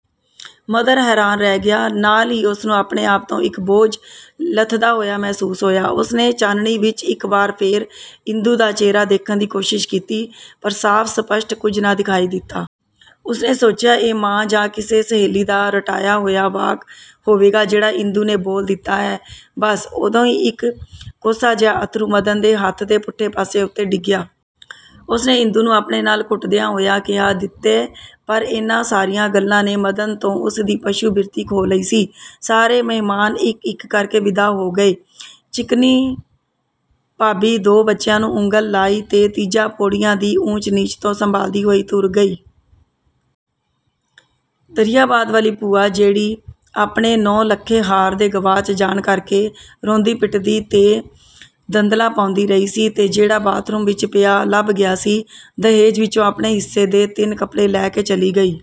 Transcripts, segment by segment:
" ਮਦਨ ਹੈਰਾਨ ਰਹਿ ਗਿਆ। ਨਾਲ ਹੀ ਉਸਨੂੰ ਆਪਣੇ ਆਪ ਤੋਂ ਇਕ ਬੋਝ ਲੱਥਦਾ ਹੋਇਆ ਮਹਿਸੂਸ ਹੋਇਆ। ਉਸਨੇ ਚਾਨਣੀ ਵਿਚ ਇਕ ਵਾਰ ਫੇਰ ਇੰਦੂ ਦਾ ਚਿਹਰਾ ਦੇਖਣ ਦੀ ਕੋਸ਼ਿਸ਼ ਕੀਤੀ, ਪਰ ਸਾਫ ਸਪਸ਼ਟ ਕੁਝ ਨਾ ਦਿਖਾਈ ਦਿਤਾ। ਉਸਨੇ ਸੋਚਿਆ, ਇਹ ਮਾਂ ਜਾਂ ਕਿਸੇ ਸਹੇਲੀ ਦਾ ਰਟਾਇਆ ਹੋਇਆ ਵਾਕ ਹੋਵੇਗਾ, ਜਿਹੜਾ ਇੰਦੂ ਨੇ ਬੋਲ ਦਿਤਾ ਹੈ, ਬਸ। ਉਦੋਂ ਹੀ ਇਕ ਕੋਸਾ ਜਿਹਾ ਅੱਥਰੂ ਮਦਨ ਦੇ ਹੱਥ ਦੇ ਪੁੱਠੇ ਪਾਸੇ ਉੱਤੇ ਡਿੱਗਿਆ। ਉਸਨੇ ਇੰਦੂ ਨੂੰ ਆਪਣੇ ਨਾਲ ਘੁੱਟਦਿਆਂ ਹੋਇਆਂ ਕਿਹਾ-"ਦਿੱਤੇ। " ਪਰ ਇਹਨਾਂ ਸਾਰੀਆਂ ਗੱਲਾਂ ਨੇ ਮਦਨ ਤੋਂ ਉਸਦੀ ਪਸ਼ੂ ਬਿਰਤੀ ਖੋਹ ਲਈ ਸੀ। ਸਾਰੇ ਮਹਿਮਾਨ ਇਕ ਇਕ ਕਰਕੇ ਵਿਦਾਅ ਹੋ ਗਏ। ਚਿਕਨੀ ਭਾਬੀ ਦੋ ਬੱਚਿਆਂ ਨੂੰ ਉਂਗਲ ਲਾਈ ਤੇ ਤੀਜਾ ਪੌੜੀਆਂ ਦੀ ਊਚ ਨੀਚ ਤੋਂ ਸੰਭਾਲਦੀ ਹੋਈ ਤੁਰ ਗਈ। ਦਰਿਆਬਾਦ ਵਾਲੀ ਭੂਆ, ਜਿਹੜੀ ਆਪਣੇ ਨੌਲੱਖੇ ਹਾਰ ਦੇ ਗਵਾਚ ਜਾਣ ਕਰਕੇ, ਰੋਂਦੀ–ਪਿੱਟਦੀ ਤੇ ਦੰਦਲਾਂ ਪਾਉਂਦੀ ਰਹੀ ਸੀ, ਤੇ ਜਿਹੜਾ ਬਾਥਰੂਮ ਵਿਚ ਪਿਆ ਲੱਭ ਗਿਆ ਸੀ, ਦਹੇਜ ਵਿਚੋਂ ਆਪਣੇ ਹਿੱਸੇ ਦੇ ਤਿੰਨ ਕਪੜੇ ਲੈ ਕੇ ਚਲੀ ਗਈ।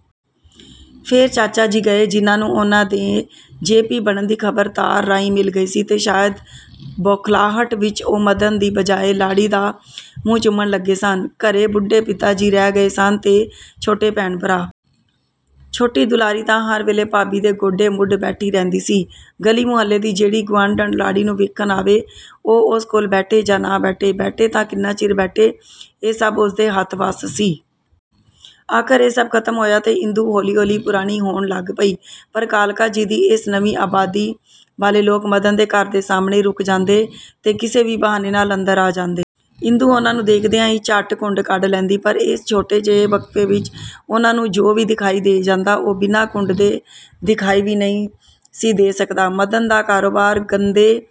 ਫੇਰ ਚਾਚਾਜੀ ਗਏ, ਜਿਹਨਾਂ ਨੂੰ ਉਹਨਾਂ ਦੇ ਜੇ. ਪੀ. ਬਣਨ ਦੀ ਖ਼ਬਰ ਤਾਰ ਰਾਹੀਂ ਮਿਲ ਗਈ ਸੀ ਤੇ ਸ਼ਾਇਦ ਬੌਖ਼ਲਾਹਟ ਵਿਚ ਉਹ ਮਦਨ ਦੀ ਬਜਾਏ ਲਾੜੀ ਦਾ ਮੂੰਹ ਚੁੰਮਣ ਲੱਗੇ ਸਨ। ਘਰੇ ਬੁੱਢੇ ਪਿਤਾ ਜੀ ਰਹਿ ਗਏ ਸਨ ਤੇ ਛੋਟੇ ਭੈਣ ਭਰਾ। ਛੋਟੀ ਦੁਲਾਰੀ ਤਾਂ ਹਰ ਵੇਲੇ ਭਾਬੀ ਦੇ ਗੋਡੇ ਮੁੱਢ ਬੈਠੀ ਰਹਿੰਦੀ ਸੀ। ਗਲੀ–ਮੁਹੱਲੇ ਦੀ ਜਿਹੜੀ ਗੁਆਂਢਣ ਲਾੜੀ ਨੂੰ ਵੇਖਣ ਆਵੇ ਉਹ, ਉਸ ਕੋਲ ਬੈਠੇ ਜਾਂ ਨਾ ਬੈਠੇ, ਬੈਠੇ ਤਾਂ ਕਿੰਨਾ ਚਿਰ ਬੈਠੇ, ਇਹ ਸਭ ਉਸਦੇ ਹੱਥ–ਵੱਸ ਸੀ। ਆਖ਼ਰ ਇਹ ਸਭ ਖ਼ਤਮ ਹੋਇਆ ਤੇ ਇੰਦੂ ਹੌਲੀ–ਹੌਲੀ ਪੁਰਾਣੀ ਹੋਣ ਲੱਗ ਪਈ। ਪਰ ਕਾਲਕਾ ਜੀ ਦੀ ਇਸ ਨਵੀਂ ਆਬਾਦੀ ਵਾਲੇ ਲੋਕ ਮਦਨ ਦੇ ਘਰ ਦੇ ਸਾਹਮਣੇ ਰੁਕ ਜਾਂਦੇ ਤੇ ਕਿਸੇ ਵੀ ਬਹਾਨੇ ਨਾਲ ਅੰਦਰ ਆ ਜਾਂਦੇ। ਇੰਦੂ ਉਹਨਾਂ ਨੂੰ ਦੇਖਦਿਆਂ ਹੀ ਝੱਟ ਘੁੰਡ ਕੱਢ ਲੈਂਦੀ। ਪਰ ਇਸ ਛੋਟੇ ਜਿਹੇ ਵਕਫ਼ੇ ਵਿਚ ਉਹਨਾਂ ਨੂੰ ਜੋ ਵੀ ਦਿਖਾਈ ਦੇ ਜਾਂਦਾ, ਉਹ ਬਿਨਾਂ ਘੁੰਡ ਦੇ ਦਿਖਾਈ ਵੀ ਨਹੀਂ ਸੀ ਦੇ ਸਕਦਾ। ਮਦਨ ਦਾ ਕਾਰੋਬਾਰ ਗੰਦੇ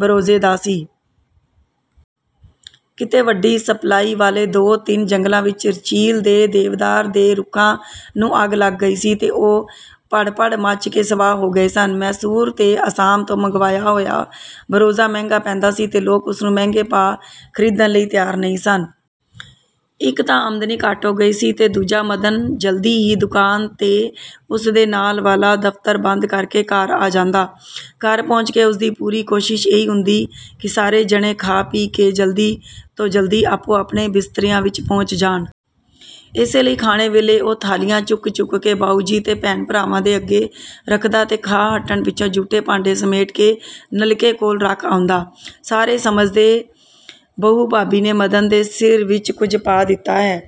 ਬਰੋਜੇ ਦਾ ਸੀ। ਕਿਤੇ ਵੱਡੀ ਸਪਲਾਈ ਵਾਲੇ ਦੋ ਤਿੰਨ ਜੰਗਲਾਂ ਵਿਚ ਚੀਲ ਦੇ ਦੇਵਦਾਰ ਦੇ ਰੁੱਖਾਂ ਨੂੰ ਅੱਗ ਲੱਗ ਗਈ ਸੀ ਤੇ ਉਹ ਭੜ–ਭੜ ਮੱਚ ਕੇ ਸਵਾਹ ਹੋ ਗਏ ਸਨ। ਮੈਸੂਰ ਤੇ ਆਸਾਮ ਤੋਂ ਮੰਗਵਾਇਆ ਹੋਇਆ ਬਰੋਜਾ ਮਹਿੰਗਾ ਪੈਂਦਾ ਸੀ ਤੇ ਲੋਕ ਉਸਨੂੰ ਮਹਿੰਗੇ ਭਾਅ ਖ਼ਰੀਦਨ ਲਈ ਤਿਆਰ ਨਹੀਂ ਸਨ। ਇਕ ਤਾਂ ਆਮਦਨੀ ਘੱਟ ਹੋ ਗਈ ਸੀ, ਤੇ ਦੂਜਾ ਮਦਨ ਜਲਦੀ ਹੀ ਦੁਕਾਨ ਤੇ ਉਸਦੇ ਨਾਲ ਵਾਲਾ ਦਫ਼ਤਰ ਬੰਦ ਕਰਕੇ ਘਰ ਆ ਜਾਂਦਾ। ਘਰ ਪਹੁੰਚ ਕੇ ਉਸਦੀ ਪੂਰੀ ਕੋਸ਼ਿਸ਼ ਇਹੀ ਹੁੰਦੀ ਕਿ ਸਾਰੇ ਜਣੇ ਖਾ ਪੀ ਕੇ ਜਲਦੀ ਤੋਂ ਜਲਦੀ ਆਪੋ–ਆਪਣੇ ਬਿਸਤਰਿਆਂ ਵਿਚ ਪਹੁੰਚ ਜਾਣ। ਇਸੇ ਲਈ ਖਾਣੇ ਵੇਲੇ ਉਹ ਥਾਲੀਆਂ ਚੁੱਕ ਚੁੱਕ ਕੇ ਬਾਊਜੀ ਤੇ ਭੈਣ–ਭਰਾਵਾਂ ਦੇ ਅੱਗੇ ਰੱਖਦਾ ਤੇ ਖਾ ਹਟਣ ਪਿੱਛੋਂ ਜੂਠੇ ਭਾਂਡੇ ਸਮੇਟ ਕੇ ਨਲਕੇ ਕੋਲ ਰੱਖ ਆਉਂਦਾ। ਸਾਰੇ ਸਮਝਦੇ ਬਹੂ, ਭਾਬੀ ਨੇ ਮਦਨ ਦੇ ਸਿਰ ਵਿਚ ਕੁਝ ਪਾ ਦਿਤਾ ਹੈ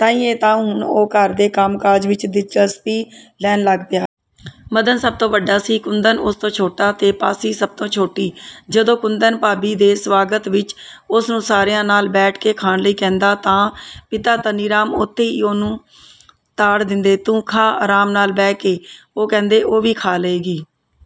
ਤਾਂਹੀਏਂ ਤਾਂ ਹੁਣ ਉਹ ਘਰ ਦੇ ਕੰਮਕਾਜ ਵਿਚ ਦਿਲਚਸਪੀ ਲੈਣ ਲੱਗ ਪਿਆ ਹੈ। ਮਦਨ ਸਭ ਤੋਂ ਵੱਡਾ ਸੀ। ਕੁੰਦਨ ਉਸ ਤੋਂ ਛੋਟਾ ਤੇ ਪਾਸ਼ੀ ਸਭ ਤੋਂ ਛੋਟੀ। ਜਦੋਂ ਕੁੰਦਨ ਭਾਬੀ ਦੇ ਸਵਾਗਤ ਵਿਚ ਉਸਨੂੰ ਸਾਰਿਆਂ ਨਾਲ ਬੈਠ ਕੇ ਖਾਣ ਲਈ ਕਹਿੰਦਾ ਤਾਂ ਪਿਤਾ ਧਨੀਰਾਮ ਉੱਥੇ ਹੀ ਉਹਨੂੰ ਤਾੜ ਦਿੰਦੇ-"ਤੂੰ ਖਾਹ, ਆਰਾਮ ਨਾਲ ਬਹਿਕੇ," ਉਹ ਕਹਿੰਦੇ, "ਉਹ ਵੀ ਖਾ ਲਏਗੀ।